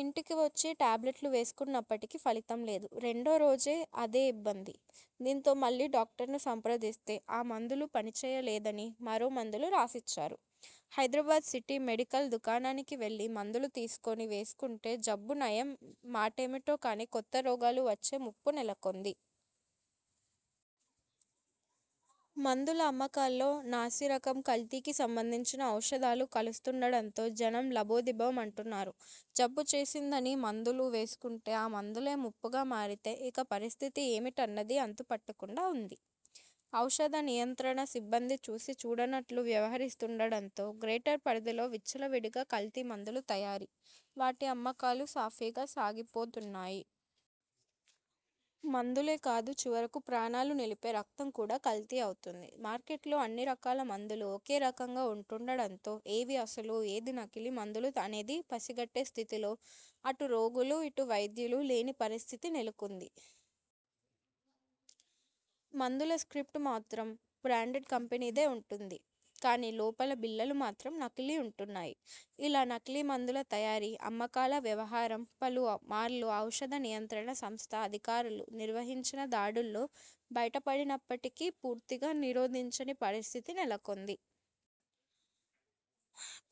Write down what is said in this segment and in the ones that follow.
ఇంటికి వచ్చి ట్యాబ్లెట్లు వేసుకున్నప్పటికీ ఫలితం లేదు. రెండో రోజు అదే ఇబ్బంది. దీంతో మళ్లీ డాక్ట ర్ను సంప్రదిస్తే ఆ మందులు పనిచేయ లేద ని మరో మందులు రాసిచ్చారు''. హైదరాబాద్ సిటీ, మెడికల్ దుకాణానికి వెళ్లి మందులు కొనుకుని వేసుకుంటే జబ్బు నయం మాటేమిటో కానీ కొత్త రోగాలు వచ్చే ముప్పు నెలకొంది. మందుల అమ్మకాల్లో నాసిరకం, కల్తీకి సంబంధించిన ఔషధాలు కలుస్తుండడంతో జ నం లబోదిబోమంటున్నారు. జబ్బు చేసిందని మం దులు వేసుకుంటే ఆ మందులే ముప్పుగా మారితే ఇక పరిస్థితి ఏమిటన్నది అంతుపట్టకుండా ఉంది. ఔషధ నియంత్రణ సిబ్బంది చూసీ చూడనట్లు వ్య వహరిస్తుండడంతో గ్రేటర్ పరిధిలో విచ్చలవిడిగా కల్తీ మందుల తయారీ, వాటి అమ్మకాలు సాఫీగా సాగిపోతున్నాయి. మందులే కాదు, చివరకు ప్రాణా లు నిలిపే రక్తం కూడా కల్తీ అవుతోంది. మార్కె ట్లో అన్ని రకాల మందులు ఒకే రకంగా ఉంటుం డడంతో ఏవీ అసలు, ఏదీ నకిలీ మందులు అనేది పసిగట్టే స్థితిలో అటు రోగులు, ఇటు వైద్యులు లేని పరిస్థితి నెలకొంది. మందుల స్ర్కిప్ట్ మాత్రం బ్రాం డెండ్ కంపెనీదే ఉంటోంది. కానీ లోపల బిళ్లలు మాత్రం నకిలీ ఉంటున్నాయి. ఇలా నకిలీ మందుల తయారీ, అమ్మకాల వ్యవహారం పలు మార్లు ఔషఽ ద నియంత్రణ సంస్థ అధికారులు నిర్వహించిన దాడుల్లో బయటపడినప్పటికి పూర్తిగా నిరోధించని పరిస్థితి నెలకొంది.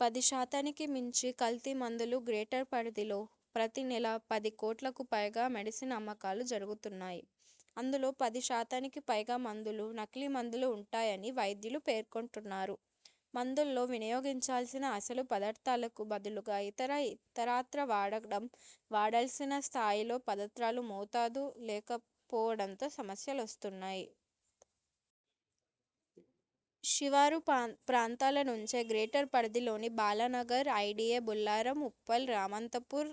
పదిశాతానికి మించి కల్తీ మందులుగ్రేటర్ పరిధిలో ప్రతి నెల పది కోట్లకుపైగా మె డిసిన్ అమ్మకాలు జరుగుతున్నాయి. అందులో పది శాతానికి పైగా మందులు నకిలీ మందులు ఉంటాయని వైద్యులు పేర్కొంటున్నారు. మందుల్లో వినియోగించాల్సిన అసలు పదార్థాలకు బదులుగా ఇత ర ఇతరత్రా వాడడం, వాడాల్సిన స్థాయిలో పదార్థాల మోతాదు లేకపోవడంతో సమస్యలొస్తున్నాయి. శివారు ప్రాంతాల నుంచే గ్రేటర్ పరిధిలోని బాలానగర్, ఐడీఏ బొల్లారం, ఉప్పల్, రామాంతపూర్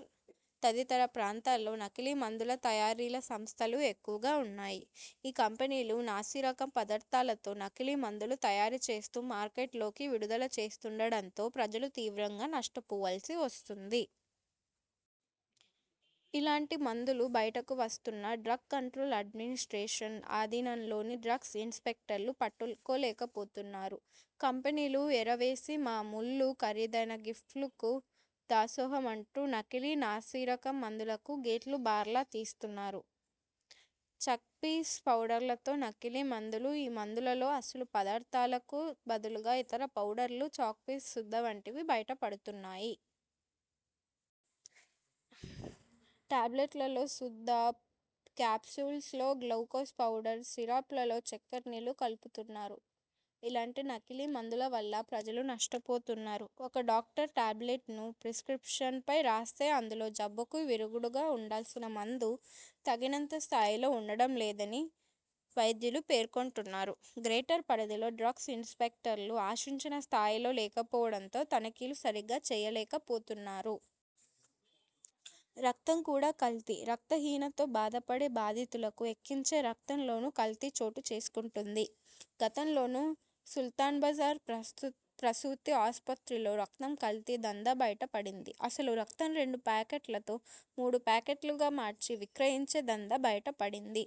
తదితర ప్రాంతాల్లో నకిలీ మందుల తయారీల సంస్థలు ఎక్కువగా ఉన్నాయి. ఈ కంపెనీలు నాసిరకం పదార్థాలతో నకిలీ మం దులు తయారు చేస్తూ మార్కెట్లోకి విడుదల చే స్తుండడంతో ప్రజలు తీవ్రంగా నష్టపోవాల్సి వస్తోం ది. ఇలాంటి మందులు బయటకు వస్తున్నా డ్రగ్ కంట్రోల్ అడ్మినిస్ట్రేషన్ ఆధీనంలోని డ్రగ్ ఇన్స్పెక్టర్లు పట్టుకోలేకపోతున్నారు. కంపెనీలు ఎర వేసే మా మూళ్లు, ఖరీదైన గిఫ్ట్లకు దాసోహమంటూ నకిలీ, నాసిరకం మందులకు గేట్లు బార్లా తెరుస్తున్నారు. చక్పీస్, పౌడర్లతో నకిలీ మందులుఈ మందులలో అసలు పదార్థాలకు బదులుగా ఇతర ఫౌడర్లు, చాక్పీస్ సుద్ద వంటివి బయటపడుతున్నాయి. టాబ్లెట్లలో సుద్ద, క్యాప్సూల్స్లో గ్లూకోజ్ పౌడర్, సిర్పలలో చక్కెర నీళ్లు కలుపుతున్నారు. ఇలాంటి నకిలీ మందుల వల్ల ప్రజలు నష్టపోతున్నారు. ఒక డాక్టర్ టాబ్లెట్ను ప్రిస్ర్కిప్షన్పై రాస్తే అందులో జబ్బుకు విరుగుడుగా ఉండాల్సిన మందు తగినంత స్థాయిలో ఉండడం లేదని వైద్యులు పే ర్కొంటున్నారు. గ్రేటర్ పరిధిలో డ్రగ్గ్ ఇన్స్పెక్టర్లు ఆశించిన స్థాయులో లేకపోవడంతో తనిఖీలు సరిగ్గా చేయలేకపోతున్నారు. రక్తం కూడా కల్తీ రక్తహీనతో బాధపడే బాధితులకు ఎక్కించే ర క్తంలోనూ కల్తీ చోటు చేసుకుంటుంది. గతంలోను సు ల్తాన్బజార్ ప్రసూతి ఆస్పత్రిలో రక్తం కల్తీ దందా బయట పడింది. అసలు రక్తం రెండు ప్యాకెట్లతో మూడు ప్యాకెట్లుగా మార్చి విక్రయించే దందా బ యట పడింది.